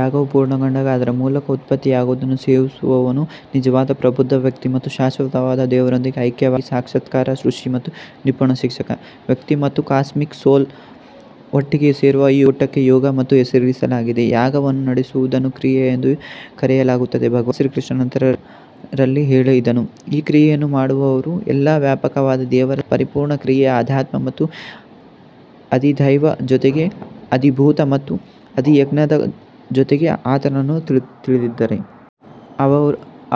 ಯಾಗವು ಪೂರ್ಣಗೊಂಡಾಗ ಅದರ ಮೂಲಕ ಉತ್ಪತ್ತಿಯಾಗುವುದನ್ನು ಸೇವಿಸುವವನು ನಿಜವಾದ ಪ್ರಬುದ್ಧ ವ್ಯಕ್ತಿ ಮತ್ತು ಶಾಶ್ವತವಾದ ದೇವರೊಂದಿಗೆ ಐಕ್ಯವಾಗಿರುವ ಸಾಕ್ಷಾತ್ಕಾರ ಋಷಿ ಮತ್ತು ನಿಪುಣ ಶಿಕ್ಷಕ. ವ್ಯಕ್ತಿ ಮತ್ತು ಕಾಸ್ಮಿಕ್ ಸೋಲ್ ಒಟ್ಟಿಗೆ ಸೇರುವ ಈ ಒಕ್ಕೂಟಕ್ಕೆ ಯೋಗ ಎಂದು ಹೆಸರಿಸಲಾಗಿದೆ ಯಾಗವನ್ನು ನಡೆಸುವುದನ್ನು ಕ್ರಿಯೆ ಎಂದು ಕರೆಯಲಾಗುತ್ತದೆ ಭಗವಾನ್ ಕೃಷ್ಣನು ನಂತರ ರಲ್ಲಿ ಹೇಳಿದನು ಈ ಕ್ರಿಯೆಯನ್ನು ಮಾಡುವವರು ಎಲ್ಲಾ ವ್ಯಾಪಕವಾದ ದೇವರ ಪರಿಪೂರ್ಣ ಕ್ರಿಯೆಯ ಅಧ್ಯಾತ್ಮ ಮತ್ತು ಅಧಿದೈವ್ ಜೊತೆಗೆ ಅಧಿಭೂತ ಮತ್ತು ಅಧಿಯಜ್ಞದ ಜೊತೆಗೆ ಆತನನ್ನು ತಿಳಿದಿದ್ದಾರೆ.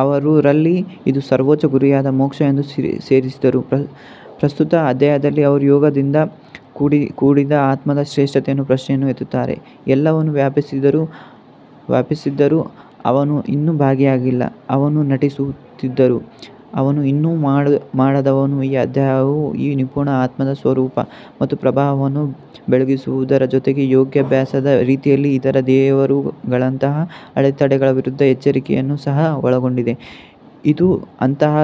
ಅವರು ರಲ್ಲಿ ಇದು ಸರ್ವೋಚ್ಚ ಗುರಿಯಾದ ಮೋಕ್ಷ ಎಂದು ಸೇರಿಸಿದರು ಪ್ರಸ್ತುತ ಅಧ್ಯಾಯದಲ್ಲಿ ಅವರು ಯೋಗದಿಂದ ಕೂಡಿದ ಆತ್ಮದ ಶ್ರೇಷ್ಠತೆಯ ಪ್ರಶ್ನೆಯನ್ನು ಎತ್ತುತ್ತಾರೆ. ಎಲ್ಲವನ್ನು ವ್ಯಾಪಿಸಿದ್ದರೂ ಅವನು ಇನ್ನೂ ಭಾಗಿಯಾಗಿಲ್ಲ ಅವನು ನಟಿಸುತ್ತಿದ್ದರೂ ಅವನು ಇನ್ನೂ ಮಾಡದವನು ಈ ಅಧ್ಯಾಯವು ಈ ನಿಪುಣ ಆತ್ಮದ ಸ್ವರೂಪ ಮತ್ತು ಪ್ರಭಾವವನ್ನು ಬೆಳಗಿಸುವುದರ ಜೊತೆಗೆ ಯೋಗಾಭ್ಯಾಸದ ರೀತಿಯಲ್ಲಿ ಇತರ ದೇವರುಗಳಂತಹ ಅಡೆತಡೆಗಳ ವಿರುದ್ಧ ಎಚ್ಚರಿಕೆಯನ್ನು ಸಹ ಒಳಗೊಂಡಿದೆ ಇದು ಅಂತಹ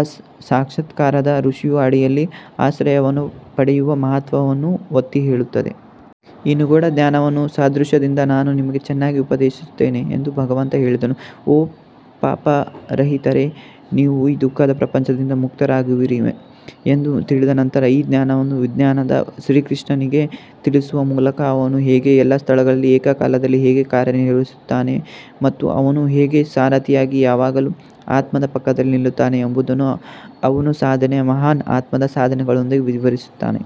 ಸಾಕ್ಷಾತ್ಕಾರದ ಋಷಿಯ ಅಡಿಯಲ್ಲಿ ಆಶ್ರಯವನ್ನು ಪಡೆಯುವ ಮಹತ್ವವನ್ನು ಒತ್ತಿಹೇಳುತ್ತದೆ. ಈ ನಿಗೂಢ ಜ್ಞಾನವನ್ನು ಸಾದೃಶ್ಯದಿಂದ ನಾನು ನಿಮಗೆ ಚೆನ್ನಾಗಿ ಉಪದೇಶಿಸುತ್ತೇನೆ ಎಂದು ಭಗವಂತ ಹೇಳಿದನು ಓ ಪಾಪರಹಿತರೇ ನೀವು ಈ ದುಃಖದ ಪ್ರಪಂಚದಿಂದ ಮುಕ್ತರಾಗುವಿರಿ ಎಂದು ತಿಳಿದ ನಂತರ ಈ ಜ್ಞಾನವನ್ನು ವಿಜ್ಞಾನವಾದ ಶ್ರೀಕೃಷ್ಣನಿಗೆ ತಿಳಿಸುವ ಮೂಲಕ ಅವನು ಹೇಗೆ ಎಲ್ಲಾ ಸ್ಥಳಗಳಲ್ಲಿ ಏಕಕಾಲದಲ್ಲಿ ಹೇಗೆ ಕಾರ್ಯನಿರ್ವಹಿಸುತ್ತಾನೆ ಮತ್ತು ಅವನು ಹೇಗೆ ಸಾರಥಿಯಾಗಿ ಯಾವಾಗಲೂ ಆತ್ಮದ ಪಕ್ಕದಲ್ಲಿ ನಿಲ್ಲುತ್ತಾನೆ ಎಂಬುದನ್ನು ಅವನು ಸಾಧನೆಯ ಮಹಾನ್ ಆತ್ಮದ ಸಾಧನೆಗಳೊಂದಿಗೆ ವಿವರಿಸುತ್ತಾನೆ.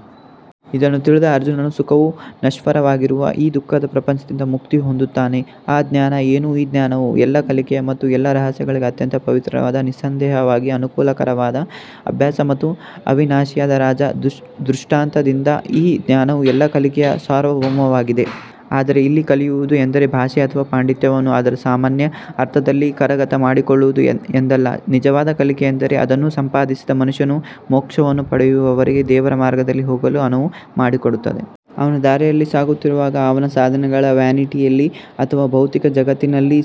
ಇದನ್ನು ತಿಳಿದ ಅರ್ಜುನನು ಸುಖವು ನಶ್ವರವಾಗಿರುವ ಈ ದುಃಖದ ಪ್ರಪಂಚದಿಂದ ಮುಕ್ತಿ ಹೊಂದುತ್ತಾನೆ ಆ ಜ್ಞಾನ ಏನು ಈ ಜ್ಞಾನವು ಎಲ್ಲಾ ಕಲಿಕೆಯ ಮತ್ತು ಎಲ್ಲಾ ರಹಸ್ಯಗಳಿಗೆ ಅತ್ಯಂತ ಪವಿತ್ರವಾದ ನಿಸ್ಸಂದೇಹವಾಗಿ ಅನುಕೂಲಕರವಾದ ಅಭ್ಯಾಸ ಮತ್ತು ಅವಿನಾಶಿಯಾದ ರಾಜ. ದೃಷ್ಟಾಂತದಿಂದ ಈ ಜ್ಞಾನವು ಎಲ್ಲಾ ಕಲಿಕೆಯ ಸಾರ್ವಭೌಮವಾಗಿದೆ ಆದರೆ ಇಲ್ಲಿ ಕಲಿಯುವುದು ಎಂದರೆ ಭಾಷೆ ಅಥವಾ ಪಾಂಡಿತ್ಯವನ್ನು ಅದರ ಸಾಮಾನ್ಯ ಅರ್ಥದಲ್ಲಿ ಕರಗತ ಮಾಡಿಕೊಳ್ಳುವುದು ಎಂದಲ್ಲ ನಿಜವಾದ ಕಲಿಕೆ ಎಂದರೆ ಅದನ್ನು ಸಂಪಾದಿಸಿದ ಮನುಷ್ಯನು ಮೋಕ್ಷವನ್ನು ಪಡೆಯುವವರೆಗೆ ದೇವರ ಮಾರ್ಗದಲ್ಲಿ ಹೋಗಲು ಅನುವು ಮಾಡಿಕೊಡುತ್ತದೆ. ಅವನು ದಾರಿಯಲ್ಲಿ ಸಾಗುತ್ತಿರುವಾಗ ಅವನ ಸಾಧನೆಗಳ ವ್ಯಾನಿಟಿಯಲ್ಲಿ ಅಥವಾ ಭೌತಿಕ ಜಗತ್ತಿನಲ್ಲಿ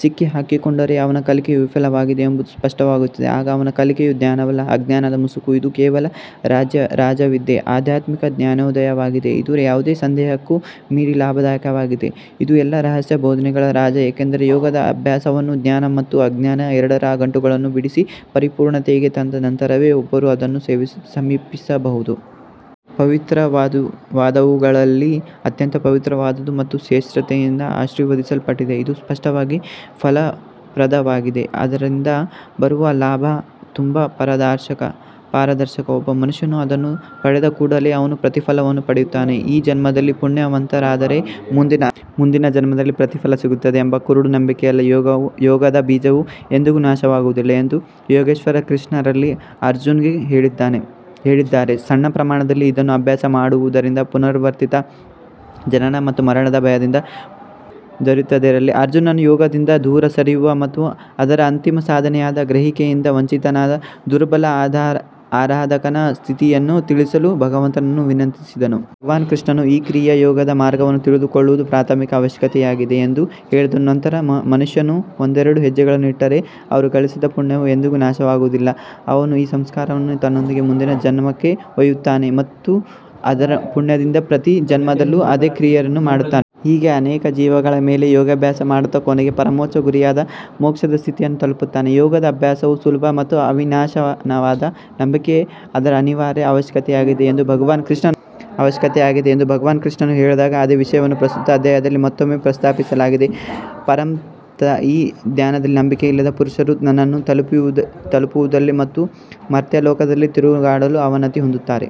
ಸಿಕ್ಕಿಹಾಕಿಕೊಂಡರೆ ಅವನ ಕಲಿಕೆಯು ವಿಫಲವಾಗಿದೆ ಎಂಬುದು ಸ್ಪಷ್ಟವಾಗುತ್ತದೆ. ಆಗ ಅವನ ಕಲಿಕೆಯು ಜ್ಞಾನವಲ್ಲ ಅಜ್ಞಾನದ ಮುಸುಕು ಇದು ಕೇವಲ ರಾಜವಿದ್ಯಾ ಆಧ್ಯಾತ್ಮಿಕ ಜ್ಞಾನೋದಯವಾಗಿದೆ ಇದು ಯಾವುದೇ ಸಂದೇಹಕ್ಕೂ ಮೀರಿ ಲಾಭದಾಯಕವಾಗಿದೆ ಇದು ಎಲ್ಲಾ ರಹಸ್ಯ ಬೋಧನೆಗಳ ರಾಜ ಏಕೆಂದರೆ ಯೋಗದ ಅಭ್ಯಾಸವನ್ನು ಜ್ಞಾನ ಮತ್ತು ಅಜ್ಞಾನ ಎರಡರ ಗಂಟುಗಳನ್ನು ಬಿಡಿಸಿ ಪರಿಪೂರ್ಣತೆಗೆ ತಂದ ನಂತರವೇ ಒಬ್ಬರು ಅದನ್ನು ಸಮೀಪಿಸಬಹುದು. ಪವಿತ್ರವಾದವುಗಳಲ್ಲಿ ಅತ್ಯಂತ ಪವಿತ್ರವಾದದ್ದು ಮತ್ತು ಶ್ರೇಷ್ಠತೆಯಿಂದ ಆಶೀರ್ವದಿಸಲ್ಪಟ್ಟಿದೆ ಇದು ಸ್ಪಷ್ಟವಾಗಿ ಫಲಪ್ರದವಾಗಿದೆ ಅದರಿಂದ ಬರುವ ಲಾಭ ತುಂಬಾ ಪಾರದರ್ಶಕ ಒಬ್ಬ ಮನುಷ್ಯನು ಅದನ್ನು ಪಡೆದ ಕೂಡಲೇ ಅವನು ಪ್ರತಿಫಲವನ್ನು ಪಡೆಯುತ್ತಾನೆ ಈ ಜನ್ಮದಲ್ಲಿ ಪುಣ್ಯವಂತರಾದರೆ ಮುಂದಿನ ಜನ್ಮದಲ್ಲಿ ಪ್ರತಿಫಲ ಸಿಗುತ್ತದೆ ಎಂಬ ಕುರುಡು ನಂಬಿಕೆಯಲ್ಲ ಯೋಗದ ಬೀಜವು ಎಂದಿಗೂ ನಾಶವಾಗುವುದಿಲ್ಲ ಎಂದು ಯೋಗೇಶ್ವರ ಕೃಷ್ಣ ರಲ್ಲಿ ಅರ್ಜುನ್ಗೆ ಹೇಳಿದ್ದಾರೆ ಸಣ್ಣ ಪ್ರಮಾಣದಲ್ಲಿ ಇದನ್ನು ಅಭ್ಯಾಸ ಮಾಡುವುದರಿಂದ ಪುನರಾವರ್ತಿತ ಜನನ ಮತ್ತು ಮರಣದ ಭಯದಿಂದ ಮುಕ್ತಿ ದೊರೆಯುತ್ತದೆ ರಲ್ಲಿ ಅರ್ಜುನನು ಯೋಗದಿಂದ ದೂರ ಸರಿಯುವ ಮತ್ತು ಅದರ ಅಂತಿಮ ಸಾಧನೆಯಾದ ಗ್ರಹಿಕೆಯಿಂದ ವಂಚಿತನಾದ ದುರ್ಬಲ ಆರಾಧಕನ ಸ್ಥಿತಿಯನ್ನು ತಿಳಿಸಲು ಭಗವಂತನನ್ನು ವಿನಂತಿಸಿದನು. ಆಗ ಭಗವಾನ್ ಕೃಷ್ಣನು ಈ ಕ್ರಿಯಾ ಯೋಗದ ಮಾರ್ಗವನ್ನು ತಿಳಿದುಕೊಳ್ಳುವುದು ಪ್ರಾಥಮಿಕ ಅವಶ್ಯಕತೆಯಾಗಿದೆ ಎಂದು ಹೇಳಿದನು ನಂತರ ಮನುಷ್ಯನು ಒಂದೆರಡು ಹೆಜ್ಜೆಗಳನ್ನು ಇಟ್ಟರೆ ಅವರು ಗಳಿಸಿದ ಪುಣ್ಯವು ಎಂದಿಗೂ ನಾಶವಾಗುವುದಿಲ್ಲ. ಅವನು ಈ ಸಂಸ್ಕಾರವನ್ನು ತನ್ನೊಂದಿಗೆ ಮುಂದಿನ ಜನ್ಮಕ್ಕೆ ಒಯ್ಯುತ್ತಾನೆ ಮತ್ತು ಅದರ ಪುಣ್ಯದಿಂದ ಪ್ರತಿ ಜನ್ಮದಲ್ಲೂ ಅದೇ ಕ್ರಿಯೆಯನ್ನು ಮಾಡುತ್ತಾನೆ. ಹೀಗೆ ಅನೇಕ ಜೀವಗಳ ಮೇಲೆ ಯೋಗಾಭ್ಯಾಸ ಮಾಡುತ್ತಾ ಕೊನೆಗೆ ಪರಮೋಚ್ಚ ಗುರಿಯಾದ ಮೋಕ್ಷದ ಸ್ಥಿತಿಯನ್ನು ತಲುಪುತ್ತಾನೆ. ಯೋಗದ ಅಭ್ಯಾಸವು ಸುಲಭ ಮತ್ತು ಅವಿನಾಶವಾದ ನಂಬಿಕೆ ಅದರ ಅನಿವಾರ್ಯ ಅವಶ್ಯಕತೆಯಾಗಿದೆ ಎಂದು ಭಗವಾನ್ ಕೃಷ್ಣನು ಹೇಳಿದಾಗ ಅದೇ ವಿಷಯವನ್ನು ಪ್ರಸ್ತುತ ಅಧ್ಯಾಯದಲ್ಲಿ ಮತ್ತೊಮ್ಮೆ ಪ್ರಸ್ತಾಪಿಸಲಾಗಿದೆ. ಪರಂತಪ್ ಈ ಜ್ಞಾನದಲ್ಲಿ ನಂಬಿಕೆಯಿಲ್ಲದ ಪುರುಷರು ನನ್ನನ್ನು ತಲುಪುವುದಿಲ್ಲ ಮತ್ತು ಮರ್ತ್ಯಲೋಕದಲ್ಲಿ ತಿರುಗಾಡಲು ಅವನತಿ ಹೊಂದುತ್ತಾರೆ.